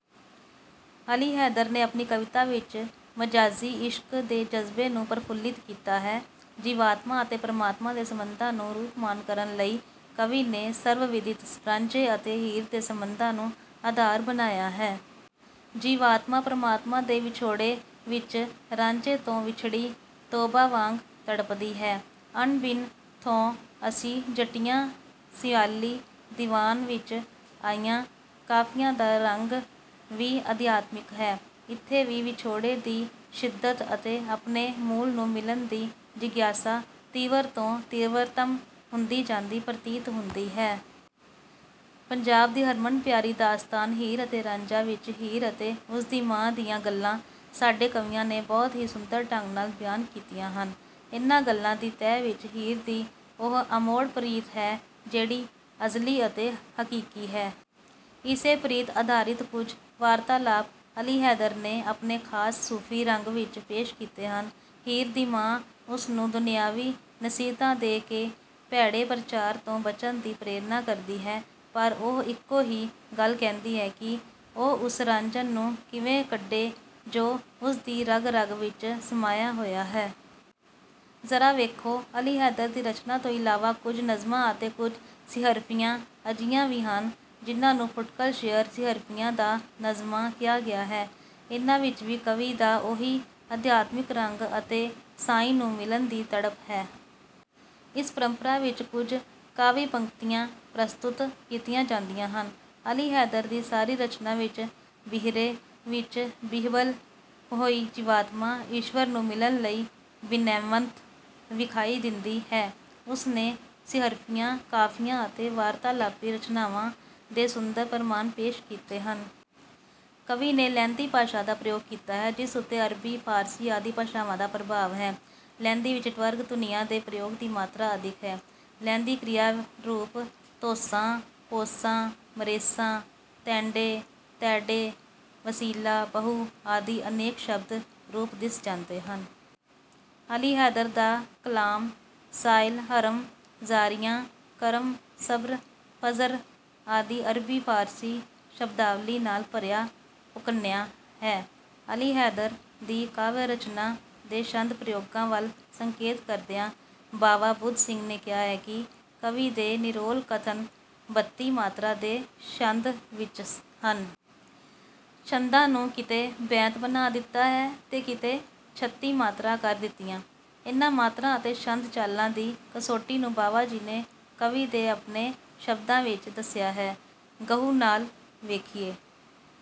ਅਲੀ ਹੈਦਰ ਨੇ ਆਪਣੀ ਕਵਿਤਾ ਵਿੱਚ ਮਜਾਜ਼ੀ ਇਸ਼ਕ ਦੇ ਜਜ਼ਬੇ ਨੂੰ ਪ੍ਰਫੁੱਲਿਤ ਕੀਤਾ ਹੈ। ਜੀਵਾਤਮਾ ਅਤੇ ਪਰਮਾਤਮਾ ਦੇ ਸੰਬੰਧਾਂ ਨੂੰ ਰੂਪਮਾਨ ਕਰਨ ਲਈ ਕਵੀ ਨੇ ਸਰਵ-ਵਿਦਿਤ ਰਾਂਝੇ ਅਤੇ ਹੀਰ ਦੇ ਸੰਬੰਧਾਂ ਨੂੰ ਆਧਾਰ ਬਣਾਇਆ ਹੈ। ਜੀਵਾਤਮਾ ਪਰਮਾਤਮਾ ਦੇ ਵਿਛੋੜੇ ਵਿੱਚ ਰਾਂਝੇ ਤੋਂ ਵਿਛੜੀ ਤੋਬਾ ਵਾਂਗ ਤੜਪਦੀ ਹੈ। "ਅਨ ਬਿਨ ਥੋਂ ਅਸੀਂ ਜੱਟੀਆਂ ਸਿਆਲੀਂ।" ਦੀਵਾਨ ਵਿੱਚ ਆਈਆਂ ਕਾਫ਼ੀਆਂ ਦਾ ਰੰਗ ਵੀ ਅਧਿਆਤਮਿਕ ਹੈ। ਇੱਥੇ ਵੀ ਵਿਛੋੜੇ ਦੀ ਸ਼ਿੱਦਤ ਅਤੇ ਆਪਣੇ ਮੂਲ ਨੂੰ ਮਿਲਣ ਦੀ ਜਿਗਿਆਸਾ ਤੀਵਰ ਤੋਂ ਤੀਵਰਤਮ ਹੁੰਦੀ ਜਾਂਦੀ ਪ੍ਰਤੀਤ ਹੁੰਦੀ ਹੈ। ਪੰਜਾਬ ਦੀ ਹਰਮਨ ਪਿਆਰੀ ਦਾਸਤਾਨ 'ਹੀਰ ਅਤੇ ਰਾਂਝਾ' ਵਿੱਚ ਹੀਰ ਅਤੇ ਉਸ ਦੀ ਮਾਂ ਦੀਆਂ ਗੱਲਾਂ ਸਾਡੇ ਕਵੀਆਂ ਨੇ ਬਹੁਤ ਹੀ ਸੁੰਦਰ ਢੰਗ ਨਾਲ ਬਿਆਨ ਕੀਤੀਆਂ ਹਨ। ਇਨ੍ਹਾਂ ਗੱਲਾਂ ਦੀ ਤਹਿ ਵਿੱਚ ਹੀਰ ਦੀ ਉਹ ਅਮੋੜ ਪ੍ਰੀਤ ਹੈ ਜਿਹੜੀ ਅਜ਼ਲੀ ਅਤੇ ਹਕੀਕੀ ਹੈ। ਇਸੇ ਪ੍ਰੀਤ ਆਧਾਰਿਤ ਕੁਝ ਵਾਰਤਾਲਾਪ ਅਲੀ ਹੈਦਰ ਨੇ ਆਪਣੇ ਖਾਸ ਸੂਫ਼ੀ ਰੰਗ ਵਿੱਚ ਪੇਸ਼ ਕੀਤੇ ਹਨ। ਹੀਰ ਦੀ ਮਾਂ ਉਸ ਨੂੰ ਦੁਨਿਆਵੀ ਨਸੀਹਤਾਂ ਦੇ ਕੇ ਭੈੜੇ ਪ੍ਰਚਾਰ ਤੋਂ ਬਚਣ ਦੀ ਪ੍ਰੇਰਨਾ ਕਰਦੀ ਹੈ ਪਰ ਉਹ ਇੱਕੋ ਹੀ ਗੱਲ ਕਹਿੰਦੀ ਹੈ ਕਿ ਉਹ ਉਸ ਰਾਂਝਣ ਨੂੰ ਕਿਵੇਂ ਕੱਢੇ ਜੋ ਉਸ ਦੀ ਰਗ-ਰਗ ਵਿੱਚ ਸਮਾਇਆ ਹੋਇਆ ਹੈ। ਜ਼ਰਾ ਵੇਖੋ ਅਲੀ ਹੈਦਰ ਦੀ ਰਚਨਾ ਤੋਂ ਇਲਾਵਾ ਕੁਝ ਨਜ਼ਮਾਂ ਅਤੇ ਕੁਝ ਸੀਹਰਫੀਆਂ ਅਜਿਹੀਆਂ ਵੀ ਹਨ ਜਿਨ੍ਹਾਂ ਨੂੰ ਫੁਟਕਲ ਸ਼ੇਅਰ, ਸੀਹਰਫੀਆਂ ਜਾਂ ਨਜ਼ਮਾਂ ਕਿਹਾ ਗਿਆ ਹੈ। ਇਨ੍ਹਾਂ ਵਿੱਚ ਵੀ ਕਵੀ ਦਾ ਉਹੀ ਅਧਿਆਤਮਿਕ ਰੰਗ ਅਤੇ ਸਾਈਂ ਨੂੰ ਮਿਲਣ ਦੀ ਤੜਪ ਹੈ। ਇਸ ਪਰੰਪਰਾ ਵਿੱਚ ਕੁਝ ਕਾਵਿ-ਪੰਕਤੀਆਂ ਪ੍ਰਸਤੁਤ ਕੀਤੀਆਂ ਜਾਂਦੀਆਂ ਹਨ। ਅਲੀ ਹੈਦਰ ਦੀ ਸਾਰੀ ਰਚਨਾ ਵਿੱਚ ਬਿਹਰੇ ਵਿੱਚ ਬਿਹਬਲ ਹੋਈ ਜੀਵਾਤਮਾ ਈਸ਼ਵਰ ਨੂੰ ਮਿਲਣ ਲਈ ਬਿਨੈਵੰਤ ਵਿਖਾਈ ਦਿੰਦੀ ਹੈ। ਉਸਨੇ ਸੀਹਰਫੀਆਂ, ਕਾਫ਼ੀਆਂ ਅਤੇ ਵਾਰਤਾਲਾਪੀ ਰਚਨਾਵਾਂ ਦੇ ਸੁੰਦਰ ਪ੍ਰਮਾਣ ਪੇਸ਼ ਕੀਤੇ ਹਨ। ਕਵੀ ਨੇ ਲਹਿੰਦੀ ਭਾਸ਼ਾ ਦਾ ਪ੍ਰਯੋਗ ਕੀਤਾ ਹੈ ਜਿਸ ਉੱਤੇ ਅਰਬੀ, ਫਾਰਸੀ ਆਦਿ ਭਾਸ਼ਾਵਾਂ ਦਾ ਪ੍ਰਭਾਵ ਹੈ। ਲਹਿੰਦੀ ਵਿੱਚ ਟਵਰਗ ਧੁਨੀਆਂ ਦੇ ਪ੍ਰਯੋਗ ਦੀ ਮਾਤਰਾ ਅਧਿਕ ਹੈ। ਲਹਿੰਦੀ ਕ੍ਰਿਆ ਰੂਪ ਧੋਸਾਂ, ਪੌਸਾਂ, ਮਰੇਸਾਂ, ਤੈਂਡੇ, ਤੈਡੇ, ਵਸੀਲਾ, ਬਹੁ, ਆਦਿ ਅਨੇਕ ਸ਼ਬਦ ਰੂਪ ਦਿਸ ਜਾਂਦੇ ਹਨ। ਅਲੀ ਹੈਦਰ ਦਾ ਕਲਾਮ ਸਾਇਲ, ਹਰਮ, ਜ਼ਾਰੀਆਂ, ਕਰਮ, ਸਬਰ, ਫ਼ਜਰ ਆਦਿ ਅਰਬੀ ਫਾਰਸੀ ਸ਼ਬਦਾਵਲੀ ਨਾਲ ਭਰਿਆ ਭਕੁੰਨਿਆ ਹੈ। ਅਲੀ ਹੈਦਰ ਦੀ ਕਾਵਿ-ਰਚਨਾ ਦੇ ਛੰਦ ਪ੍ਰਯੋਗਾਂ ਵੱਲ ਸੰਕੇਤ ਕਰਦਿਆਂ ਬਾਵਾ ਬੁੱਧ ਸਿੰਘ ਨੇ ਕਿਹਾ ਹੈ ਕਿ ਕਵੀ ਦੇ ਨਿਰੋਲ ਕਥਨ ਬੱਤੀ 'ਮਾਤਰਾ' ਦੇ ਛੰਦ ਵਿੱਚ ਹਨ। ਛੰਦਾਂ ਨੂੰ ਕਿਤੇ ਬੈਂਤ ਬਣਾ ਦਿੱਤਾ ਹੈ ਤੇ ਕਿਤੇ ਛੱਤੀ ਮਾਤਰਾ ਕਰ ਦਿੱਤੀਆਂ। ਇਨ੍ਹਾਂ ਮਾਤਰਾ ਅਤੇ ਛੰਦ ਚਾਲਾਂ ਦੀ ਕਸੌਟੀ ਨੂੰ ਬਾਵਾ ਜੀ ਨੇ ਕਵੀ ਦੇ ਆਪਣੇ ਸ਼ਬਦਾਂ ਵਿੱਚ ਦੱਸਿਆ ਹੈ। ਗਹੁ ਨਾਲ ਵੇਖੀਏ।